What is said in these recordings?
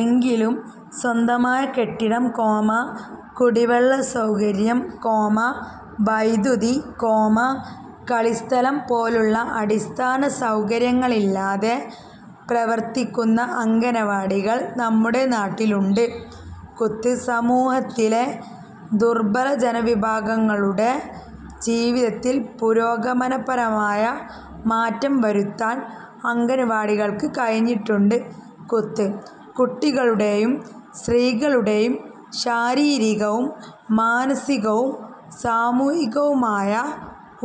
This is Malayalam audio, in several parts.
എങ്കിലും സ്വന്തമായ കെട്ടിടം, കുടിവെള്ള സൗകര്യം, വൈദ്യുതി, കളിസ്ഥലം പോലുള്ള അടിസ്ഥാന സൗകര്യങ്ങളില്ലാതെ പ്രവർത്തിക്കുന്ന അംഗനവാടികൾ നമ്മുടെ നാട്ടിലുണ്ട്. സമൂഹത്തിലെ ദുർബല ജനവിഭാഗങ്ങളുടെ ജീവിതത്തിൽ പുരോഗമനപരമായ മാറ്റം വരുത്താൻ അംഗൻവാടികൾക്ക് കഴിഞ്ഞിട്ടുണ്ട്. കുട്ടികളുടെയും സ്ത്രീകളുടെയും ശാരീരികവും മാനസികവും സാമൂഹികവുമായ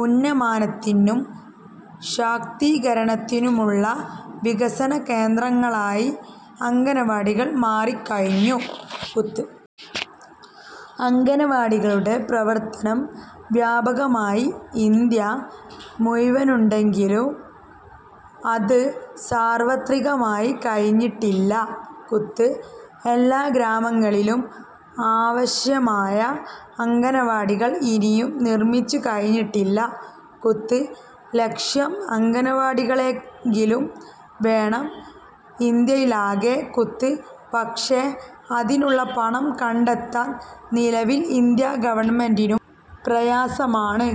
ഉന്നമനത്തിനും ശാക്തീകരണത്തിനുമുള്ള വികസന കേന്ദ്രങ്ങളായി അംഗൻവാടികൾ മാറിക്കഴിഞ്ഞു. അംഗൻവാടികളുടെ പ്രവർത്തനം വ്യാപകമായി ഇന്ത്യ മുഴുവനുണ്ടെങ്കിലും അത് സാർവത്രികമായിക്കഴിഞ്ഞിട്ടില്ല. എല്ലാ ഗ്രാമങ്ങളിലും ആവശ്യമായ അംഗൻവാടികൾ ഇനിയും നിർമ്മിച്ചുകഴിഞ്ഞിട്ടില്ല. ലക്ഷം അംഗൻവാടികളെങ്കിലും വേണം ഇന്ത്യയിൽ ആകെ. പക്ഷെ അതിനുള്ള പണം കണ്ടെത്താൻ നിലവിൽ ഇന്ത്യ ഗവണ്മെന്റിനു പ്രയാസമാണ്.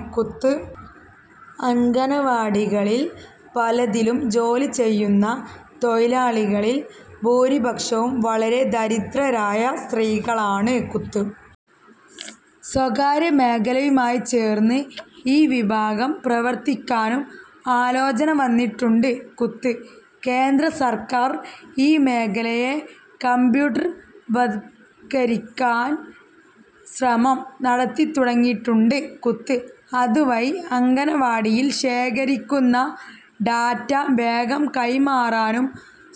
അംഗൻവാടികളിൽ പലതിലും ജോലി ചെയ്യുന്ന തൊഴിലാളികളിൽ ഭൂരിപക്ഷവും വളരെ ദരിദ്രരായ സ്ത്രീകളാണ്. സ്വകാര്യമേഖലയുമായിച്ചേർന്ന് ഈ വിഭാഗം പ്രവർത്തിക്കാനും ആലോചന വന്നിട്ടുണ്ട്. കേന്ദ്രസർക്കാർ ഈ മേഖലയെ കമ്പ്യൂട്ടർവത്കരിക്കാൻ ശ്രമം നടത്തിത്തുടങ്ങിയിട്ടുണ്ട്. അതുവഴി അംഗൻവാടിയിൽ ശേഖരിക്കുന്ന ഡാറ്റ വേഗം കൈമാറാനും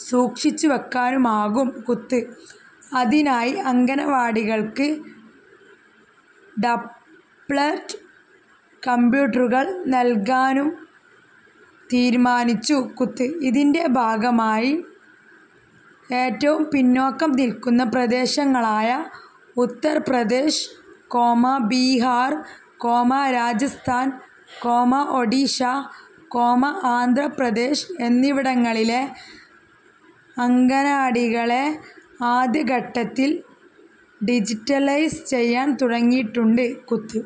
സൂക്ഷിച്ചുവയ്ക്കാനുമാകും. അതിനായി അംഗൻവാടികൾക്ക് ടാബ്ലറ്റ് കമ്പ്യൂട്ടറുകൾ നൽകാനും തീരുമാനിച്ചു. ഇതിന്റെ ഭാഗമായി ഏറ്റവും പിന്നാക്കം നിൽക്കുന്ന പ്രദേശങ്ങളായ ഉത്തർ പ്രദേശ്, ബിഹാർ, രാജസ്ഥാൻ, ഓഡിഷ, ആന്ധ്രാ പ്രദേശ് എന്നിവിടങ്ങളിലെ അംഗന്വാടികളെ ആദ്യ ഘട്ടത്തിൽ ഡിജിറ്റലൈസ് ചെയ്യാൻ തുടങ്ങിയിട്ടുണ്ട്.